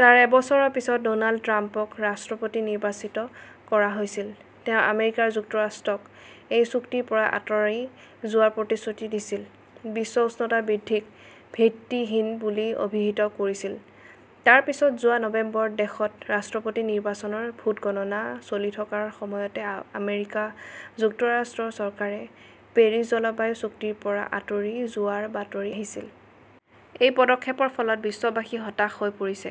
তাৰ এবছৰৰ পিছত ড 'নাল্ড ট্ৰাম্পক ৰাষ্ট্ৰপতি নিৰ্বাচিত কৰা হৈছিল। তেওঁ আমেৰিকা যুক্তৰাষ্ট্ৰক এই চুক্তিৰ পৰা আঁতৰি যোৱাৰ প্ৰতিশ্ৰুতি দিছিল, বিশ্ব উষ্ণতা বৃদ্ধিক 'ভিত্তিহীন' বুলি অভিহিত কৰিছিল। তাৰ পিছত যোৱা নৱেম্বৰত দেশত ৰাষ্ট্ৰপতি নিৰ্বাচনৰ ভোট গণনা চলি থকাৰ সময়তে আমেৰিকা যুক্তৰাষ্ট্ৰৰ চৰকাৰে পেৰিছ জলবায়ু চুক্তিৰ পৰা আঁতৰি যোৱাৰ বাতৰি আহিছিল। এই পদক্ষেপৰ ফলত বিশ্ববাসী হতাশ হৈ পৰিছে।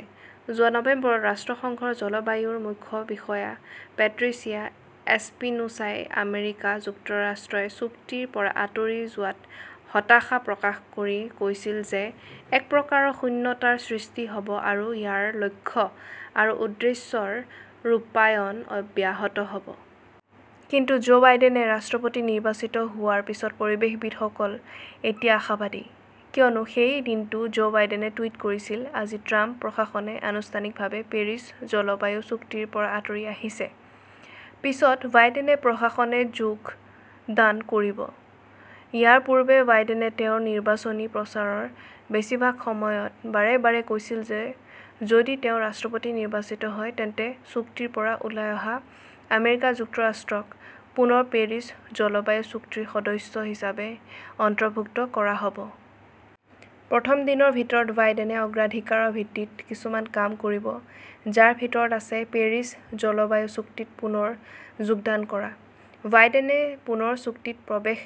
যোৱা নৱেম্বৰত ৰাষ্ট্ৰসংঘৰ জলবায়ুৰ মুখ্য বিষয়া পেট্ৰিচিয়া এছপিনোছাই আমেৰিকা যুক্তৰাষ্ট্ৰই চুক্তিৰ পৰা আঁতৰি যোৱাত হতাশা প্ৰকাশ কৰি কৈছিল যে এক প্ৰকাৰৰ শূন্যতাৰ সৃষ্টি হ 'ব আৰু ইয়াৰ লক্ষ্য আৰু উদ্দেশ্যৰ ৰূপায়ণ ব্যাহত হ'ব। কিন্তু জো বাইডেনে ৰাষ্ট্ৰপতি নিৰ্বাচিত হোৱাৰ পিছত পৰিৱেশবিদসকল এতিয়া আশাবাদী। কিয়নো সেই দিনটোতে জো বাইডেনে টুইট কৰিছিল, "আজি ট্ৰাম্প প্ৰশাসনে আনুষ্ঠানিকভাৱে পেৰিছ জলবায়ু চুক্তিৰ পৰা আঁতৰি আহিছে। পিছত বাইডেন প্ৰশাসনে যোগদান কৰিব। " ইয়াৰ পূৰ্বে বাইডেনে তেওঁৰ নিৰ্বাচনী প্ৰচাৰৰ বেছিভাগ সময়ত বাৰে বাৰে কৈছিল যে যদি তেওঁ ৰাষ্ট্ৰপতি নিৰ্বাচিত হয় তেন্তে চুক্তিৰ পৰা ওলাই অহা আমেৰিকা যুক্তৰাষ্ট্ৰক পুনৰ পেৰিছ জলবায়ু চুক্তিৰ সদস্য হিচাপে অন্তৰ্ভুক্ত কৰা হ 'ব। প্ৰথম দিনৰ ভিতৰত বাইডেনে অগ্ৰাধিকাৰৰ ভিত্তিত কিছুমান কাম কৰিব, যাৰ ভিতৰত আছে পেৰিছ জলবায়ু চুক্তিত পুনৰ যোগদান কৰা। বাইডেনে পুনৰ চুক্তিত প্ৰৱেশ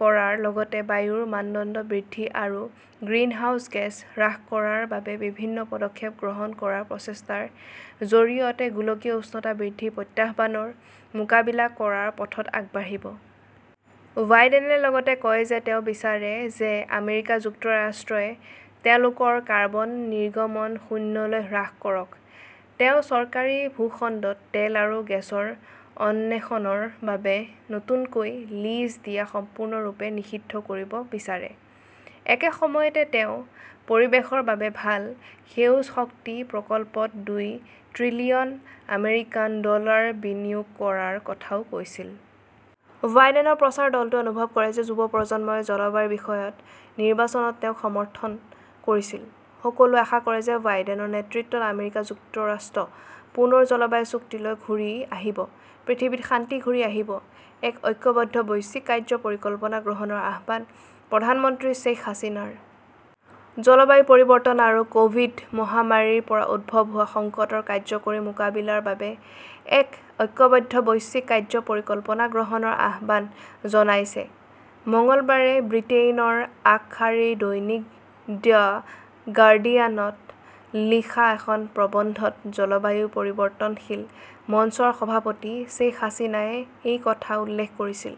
কৰাৰ লগতে বায়ুৰ মানদণ্ড বৃদ্ধি আৰু গ্ৰিনহাউজ গেছ হ্ৰাস কৰাৰ বাবে বিভিন্ন পদক্ষেপ গ্ৰহণ কৰাৰ প্ৰচেষ্টাৰ জৰিয়তে গোলকীয় উষ্ণতা বৃদ্ধিৰ প্ৰত্যাহ্বানৰ মোকাবিলা কৰাৰ পথত আগবাঢ়িব। বাইডেনে লগতে কয় যে তেওঁ বিচাৰে যে আমেৰিকা যুক্তৰাষ্ট্ৰই তেওঁলোকৰ কাৰ্বন নিৰ্গমন শূন্যলৈ হ্ৰাস কৰক। তেওঁ চৰকাৰী ভূখণ্ডত তেল আৰু গেছৰ অন্বেষণৰ বাবে নতুনকৈ লিজ দিয়া সম্পূৰ্ণৰূপে নিষিদ্ধ কৰিব বিচাৰে। একে সময়তে, তেওঁ পৰিৱেশৰ বাবে ভাল 'সেউজ শক্তি ' প্ৰকল্পত দুই ত্ৰিলিয়ন আমেৰিকান ডলাৰ বিনিয়োগ কৰাৰ কথাও কৈছিল। বাইডেনৰ প্ৰচাৰ দলটোৱে অনুভৱ কৰে যে যুৱ প্ৰজন্মই জলবায়ুৰ বিষয়ত নিৰ্বাচনত তেওঁক সমৰ্থন কৰিছিল। সকলোৱে আশা কৰে যে বাইডেনৰ নেতৃত্বত আমেৰিকা যুক্তৰাষ্ট্ৰ পুনৰ জলবায়ু চুক্তিলৈ ঘূৰি আহিব। পৃথিৱীত শান্তি ঘূৰি আহিব। এক ঐক্যবদ্ধ বৈশ্বিক কাৰ্য্য পৰিকল্পনা গ্ৰহণৰ আহ্বান প্ৰধানমন্ত্ৰী শ্বেইখ হাছিনাৰ। জলবায়ু পৰিৱৰ্তন আৰু ক'ভিড- মহামাৰীৰ পৰা উদ্ভৱ হোৱা সংকটৰ কাৰ্যকৰী মোকাবিলাৰ বাবে এক ঐক্যবদ্ধ বৈশ্বিক কাৰ্য্য পৰিকল্পনা গ্ৰহণৰ আহ্বান জনাইছে। মঙলবাৰে ব্ৰিটেইনৰ আগশাৰীৰ দৈনিক দ্য গাৰ্ডিয়ানত লিখা এখন প্ৰবন্ধত জলবায়ু পৰিৱৰ্তনশীল মঞ্চৰ সভাপতি শ্বেইখ হাছিনাই এই কথা উল্লেখ কৰিছিল।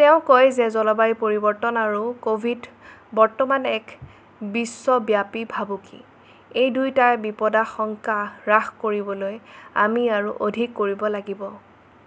তেওঁ কয় যে জলবায়ু পৰিৱৰ্তন আৰু ক'ভিড- বৰ্তমান এক বিশ্বব্যাপী ভাবুকি। এই দুয়োটা বিপদাশংকা হ্ৰাস কৰিবলৈ আমি আৰু অধিক কৰিব লাগিব।